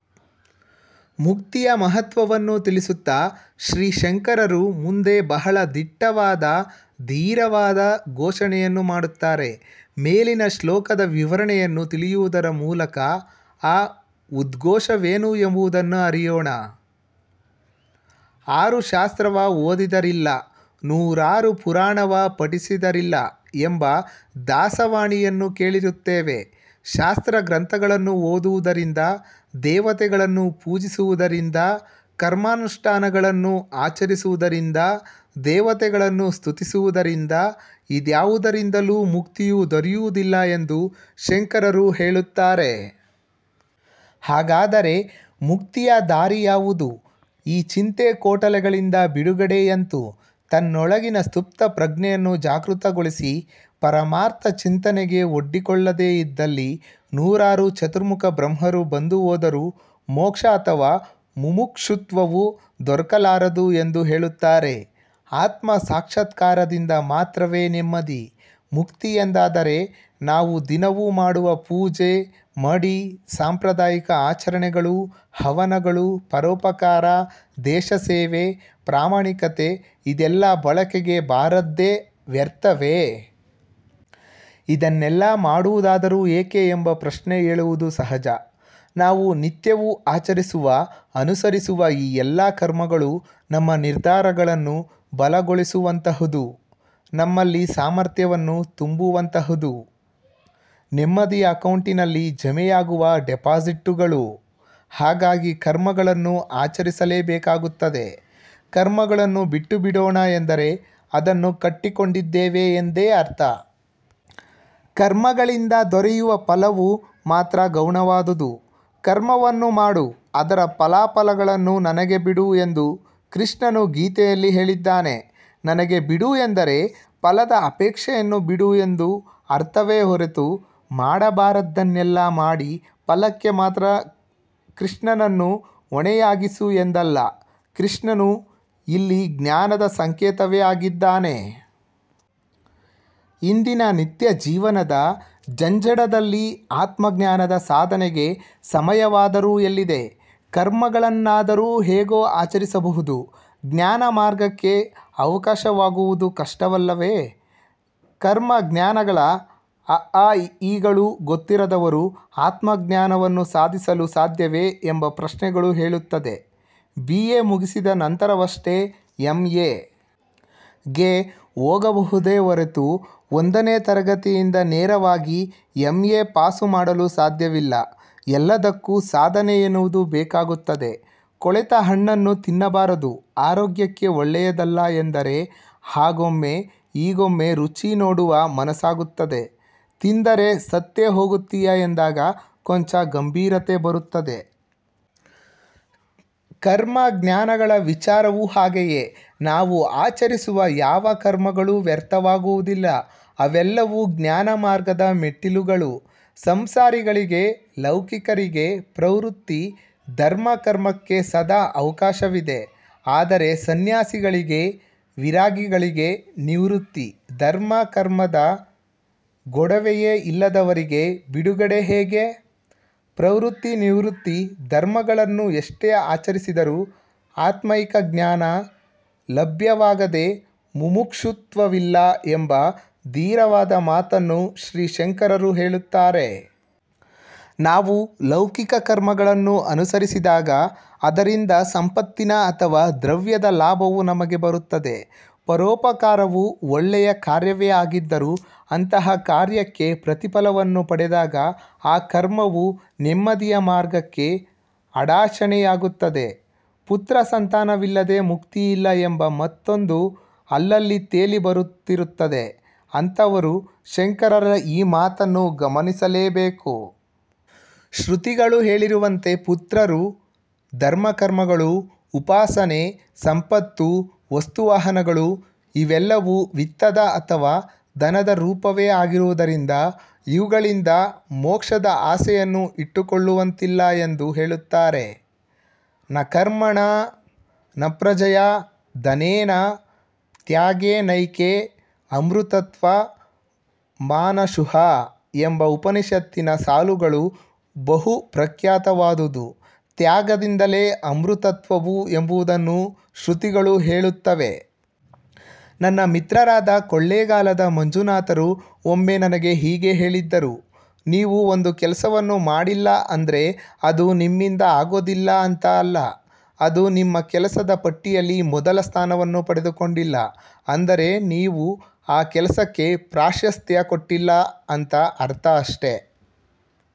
ಮುಕ್ತಿಯ ಮಹತ್ವವನ್ನು ತಿಳಿಸುತ್ತಾ ಶ್ರೀ ಶಂಕರರು ಮುಂದೆ ಬಹಳ ದಿಟ್ಟವಾದ ಧೀರವಾದ ಘೋಷಣೆಯನ್ನು ಮಾಡುತ್ತಾರೆ. ಮೇಲಿನ ಶ್ಲೋಕದ ವಿವರಣೆಯನ್ನು ತಿಳಿಯುವುದರ ಮೂಲಕ ಆ ಉದ್ಘೋಷವೇನು ಎಂಬುದನ್ನು ಅರಿಯೋಣ. "ಆರು ಶಾಸ್ತ್ರವ ಓದಿದರಿಲ್ಲ ನೂರಾರು ಪುರಾಣವ ಪಠಿಸಿದರಿಲ್ಲ" ಎಂಬ ದಾಸವಾಣಿಯನ್ನು ಕೇಳಿರುತ್ತೇವೆ. ಶಾಸ್ತ್ರಗ್ರಂಥಗಳನ್ನು ಓದುವುದರಿಂದ, ದೇವತೆಗಳನ್ನು ಪೂಜಿಸುವುದರಿಂದ, ಕರ್ಮಾನುಷ್ಠಾನಗಳನ್ನು ಆಚರಿಸುವುದರಿಂದ, ದೇವತೆಗಳನ್ನು ಸ್ತುತಿಸುವುದರಿಂದ, ಇದ್ಯಾವುದರಿಂದಲೂ ಮುಕ್ತಿಯು ದೊರೆಯುವುದಿಲ್ಲ ಎಂದು ಶಂಕರರು ಹೇಳುತ್ತಾರೆ. ಹಾಗಾದರೆ ಮುಕ್ತಿಯ ದಾರಿ ಯಾವುದು? ಈ ಚಿಂತೆ-ಕೋಟಲೆಗಳಿಂದ ಬಿಡುಗಡೆ ಎಂತು?. ತನ್ನೊಳಗಿನ ಸುಪ್ತ ಪ್ರಜ್ಞೆಯನ್ನು ಜಾಗೃತಗೊಳಿಸಿ ಪರಮಾರ್ಥ ಚಿಂತನೆಗೆ ಒಡ್ಡಿಕೊಳ್ಳದೆ ಇದ್ದಲ್ಲಿ ನೂರಾರು ಚತುರ್ಮುಖ ಬ್ರಹ್ಮರು ಬಂದು ಹೋದರೂ ಮೋಕ್ಷ ಅಥವಾ ಮುಮುಕ್ಷುತ್ವವು ದೊರಕಲಾರದು ಎಂದು ಹೇಳುತ್ತಾರೆ. ಆತ್ಮ ಸಾಕ್ಷಾತ್ಕಾರದಿಂದ ಮಾತ್ರವೇ ನೆಮ್ಮದಿ, ಮುಕ್ತಿ ಎಂದಾದರೆ ನಾವು ದಿನವೂ ಮಾಡುವ ಪೂಜೆ, ಮಡಿ, ಸಾಂಪ್ರದಾಯಿಕ ಆಚರಣೆಗಳು, ಹವನಗಳು, ಪರೋಪಕಾರ, ದೇಶಸೇವೆ, ಪ್ರಾಮಾಣಿಕತೆ ಇದೆಲ್ಲಾ ಬಳಕೆಗೆ ಬಾರದ್ದೇ ವ್ಯರ್ಥವೇ? ಇದನ್ನೆಲ್ಲಾ ಮಾಡುವುದಾದರೂ ಏಕೆ ಎಂಬ ಪ್ರಶ್ನೆ ಏಳುವುದು ಸಹಜ. ನಾವು ನಿತ್ಯವೂ ಆಚರಿಸುವ-ಅನುಸರಿಸುವ ಈ ಎಲ್ಲಾ ಕರ್ಮಗಳೂ ನಮ್ಮ ನಿರ್ಧಾರಗಳನ್ನು ಬಲಗೊಳಿಸುವಂತಹುದು. ನಮ್ಮಲ್ಲಿ ಸಾಮರ್ಥ್ಯವನ್ನು ತುಂಬುವಂತಹುದು. ನೆಮ್ಮದಿಯ ಅಕೌಂಟಿನಲ್ಲಿ ಜಮೆಯಾಗುವ ಡಿಪಾಸಿಟ್ಟುಗಳು. ಹಾಗಾಗಿ ಕರ್ಮಗಳನ್ನು ಆಚರಿಸಲೇಬೇಕಾಗುತ್ತದೆ. ಕರ್ಮಗಳನ್ನು ಬಿಟ್ಟು ಬಿಡೋಣ ಎಂದರೆ, ಅವನ್ನು ಕಟ್ಟಿಕೊಂಡಿದ್ದೇವೆ ಎಂದೇ ಅರ್ಥ!. ಕರ್ಮಗಳಿಂದ ದೊರೆಯುವ ಫಲವು ಮಾತ್ರ ಗೌಣವಾದುದು. 'ಕರ್ಮವನ್ನು ಮಾಡು ಅದರ ಫಲಾಫಲಗಳನ್ನು ನನಗೆ ಬಿಡು' ಎಂದು ಕೃಷ್ಣನು ಗೀತೆಯಲ್ಲಿ ಹೇಳಿದ್ದಾನೆ. 'ನನಗೆ ಬಿಡು' ಎಂದರೆ ಫಲದ ಅಪೇಕ್ಷೆಯನ್ನು ಬಿಡು ಎಂದು ಅರ್ಥವೇ ಹೊರತು ಮಾಡಬಾರದ್ದನ್ನೆಲ್ಲಾ ಮಾಡಿ ಫಲಕ್ಕೆ ಮಾತ್ರ ಕೃಷ್ಣನನ್ನು ಹೊಣೆಯಾಗಿಸು ಎಂದಲ್ಲ. ಕೃಷ್ಣನು ಇಲ್ಲಿ ಜ್ಞಾನದ ಸಂಕೇತವೇ ಆಗಿದ್ದಾನೆ. ಇಂದಿನ ನಿತ್ಯ ಜೀವನದ ಜಂಜಡದಲ್ಲಿ ಆತ್ಮಜ್ಞಾನ ಸಾಧನೆಗೆ ಸಮಯವಾದರೂ ಎಲ್ಲಿದೆ? ಕರ್ಮಗಳನ್ನಾದರೂ ಹೇಗೋ ಆಚರಿಸಬಹುದು, ಜ್ಞಾನಮಾರ್ಗಕ್ಕೆ ಅವಕಾಶವಾಗುವುದು ಕಷ್ಟವಲ್ಲವೆ? ಕರ್ಮ-ಜ್ಞಾನಗಳ ಅ ಆ ಇ ಈ ಗಳೂ ಗೊತ್ತಿರದವರು ಆತ್ಮಜ್ಞಾನವನ್ನು ಸಾಧಿಸಲು ಸಾಧ್ಯವೆ? ಎಂಬ ಪ್ರಶ್ನೆಗಳು ಏಳುತ್ತದೆ. ಬಿ. ಎ. ಮುಗಿಸಿದ ನಂತರವಷ್ಟೇ ಎಂ. ಎ. ಗೆ ಹೋಗಬಹುದೇ ಹೊರತು ಒಂದನೇ ತರಗತಿಯಿಂದ ನೇರವಾಗಿ ಎಂ. ಎ. ಪಾಸು ಮಾಡಲು ಸಾಧ್ಯವಿಲ್ಲ. ಎಲ್ಲದಕ್ಕೂ ಸಾಧನೆ ಎನ್ನುವುದು ಬೇಕಾಗುತ್ತದೆ. 'ಕೊಳೆತ ಹಣ್ಣನ್ನು ತಿನ್ನಬಾರದು ಆರೋಗ್ಯಕ್ಕೆ ಒಳ್ಳೆಯದಲ್ಲಾ' ಎಂದರೆ ಆಗೊಮ್ಮೆ ಈಗೊಮ್ಮೆ ರುಚಿ ನೋಡುವ ಮನಸಾಗುತ್ತದೆ. 'ತಿಂದರೆ ಸತ್ತೇ ಹೋಗುತ್ತಿಯಾ' ಎಂದಾಗ ಕೊಂಚ ಗಂಭೀರತೆ ಬರುತ್ತದೆ. ಕರ್ಮ-ಜ್ಞಾನಗಳ ವಿಚಾರವೂ ಹಾಗೆಯೇ. ನಾವು ಆಚರಿಸುವ ಯಾವ ಕರ್ಮಗಳೂ ವ್ಯರ್ಥವಾಗುವುದಿಲ್ಲ, ಅವೆಲ್ಲವೂ ಜ್ಞಾನ ಮಾರ್ಗದ ಮೆಟ್ಟಿಲುಗಳು. ಸಂಸಾರಿಗಳಿಗೆ ಲೌಕಿಕರಿಗೆ ಪ್ರವೃತ್ತಿ ಧರ್ಮ ಕರ್ಮಕ್ಕೆ ಸದಾ ಅವಕಾಶವಿದೆ, ಆದರೆ ಸನ್ಯಾಸಿಗಳಿಗೆ, ವಿರಾಗಿಗಳಿಗೆ ನಿವೃತ್ತಿ ಧರ್ಮ ಕರ್ಮದ ಗೊಡವೆಯೇ ಇಲ್ಲದವರಿಗೆ ಬಿಡುಗಡೆ ಹೇಗೆ?. ಪ್ರವೃತ್ತಿ-ನಿವೃತ್ತಿ ಧರ್ಮಗಳನ್ನು ಎಷ್ಟೇ ಆಚರಿಸಿದರೂ 'ಆತ್ಮೈಕ ಜ್ಞಾನ' ಲಭ್ಯವಾಗದೆ ಮುಮುಕ್ಷುತ್ವವಿಲ್ಲ ಎಂಬ ಧೀರವಾದ ಮಾತನ್ನು ಶ್ರೀ ಶಂಕರರು ಹೇಳುತ್ತಾರೆ. ನಾವು ಲೌಕಿಕ ಕರ್ಮಗಳನ್ನು ಅನುಸರಿಸಿದಾಗ ಅದರಿಂದ ಸಂಪತ್ತಿನ ಅಥವಾ ದ್ರವ್ಯದ ಲಾಭವು ನಮಗೆ ಬರುತ್ತದೆ. ಪರೋಪಕಾರವು ಒಳ್ಳೆಯ ಕಾರ್ಯವೇ ಆಗಿದ್ದರೂ ಅಂತಹ ಕಾರ್ಯಕ್ಕೆ ಪ್ರತಿಫಲವನ್ನು ಪಡೆದಾಗ ಆ ಕರ್ಮವು ನೆಮ್ಮದಿಯ ಮಾರ್ಗಕ್ಕೆ ಅಡಾಚಣೆಯಾಗುತ್ತದೆ. 'ಪುತ್ರ ಸಂತಾನವಿಲ್ಲದೆ ಮುಕ್ತಿಯಿಲ್ಲ' ಎಂಬ ಮಾತೊಂದು ಅಲ್ಲಲ್ಲಿ ತೇಲಿ ಬರುತ್ತಿರುತ್ತದೆ. ಅಂತಹವರು ಶಂಕರರ ಈ ಮಾತನ್ನು ಗಮನಿಸಲೇ ಬೇಕು. " ಶ್ರುತಿಗಳು ಹೇಳಿರುವಂತೆ ಪುತ್ರರು, ಧರ್ಮ-ಕರ್ಮಗಳು, ಉಪಾಸನೆ, ಸಂಪತ್ತು, ವಸ್ತು-ವಾಹನಗಳು, ಇವೆಲ್ಲವೂ ವಿತ್ತದ ಅಥವಾ ಧನದ ರೂಪವೇ ಆಗಿರುವುದರಿಂದ ಇವುಗಳಿಂದ ಮೋಕ್ಷದ ಆಸೆಯನ್ನು ಇಟ್ಟುಕೊಳ್ಳುವಂತಿಲ್ಲ" ಎಂದು ಹೇಳುತ್ತಾರೆ. 'ನಕರ್ಮಣಾ ನಪ್ರಜಯಾ ಧನೇನ ತ್ಯಾಗೇನೈಕೇ ಅಮೃತತ್ವ ಮಾನಶುಃ' ಎಂಬ ಉಪನಿಷತ್ತಿನ ಸಾಲುಗಳು ಬಹು ಪ್ರಖ್ಯಾತವಾದುದು. ತ್ಯಾಗದಿಂದಲೇ ಅಮೃತತ್ವವು ಎಂಬುದನ್ನು ಶ್ರುತಿಗಳು ಹೇಳುತ್ತವೆ. ನನ್ನ ಮಿತ್ರರಾದ ಕೊಳ್ಳೇಗಾಲದ ಮಂಜುನಾಥರು ಒಮ್ಮೆ ನನಗೆ ಹೀಗೆ ಹೇಳಿದ್ದರು "ನೀವು ಒಂದು ಕೆಲಸ ಮಾಡಿಲ್ಲ ಅಂದ್ರೆ ಅದು ನಿಮ್ಮಿಂದ ಆಗೋದಿಲ್ಲ ಅಂತಾ ಅಲ್ಲ, ಅದು ನಿಮ್ಮ ಕೆಲಸದ ಪಟ್ಟಿಯಲ್ಲಿ ಮೊದಲ ಸ್ಥಾನವನ್ನು ಪಡೆದುಕೊಂಡಿಲ್ಲ, ಅಂದರೆ ನೀವು ಆ ಕೆಲಸಕ್ಕೆ ಪ್ರಾಶಸ್ತ್ಯ ಕೊಟ್ಟಿಲ್ಲ ಅಂತ ಅರ್ಥ ಅಷ್ಟೆ ".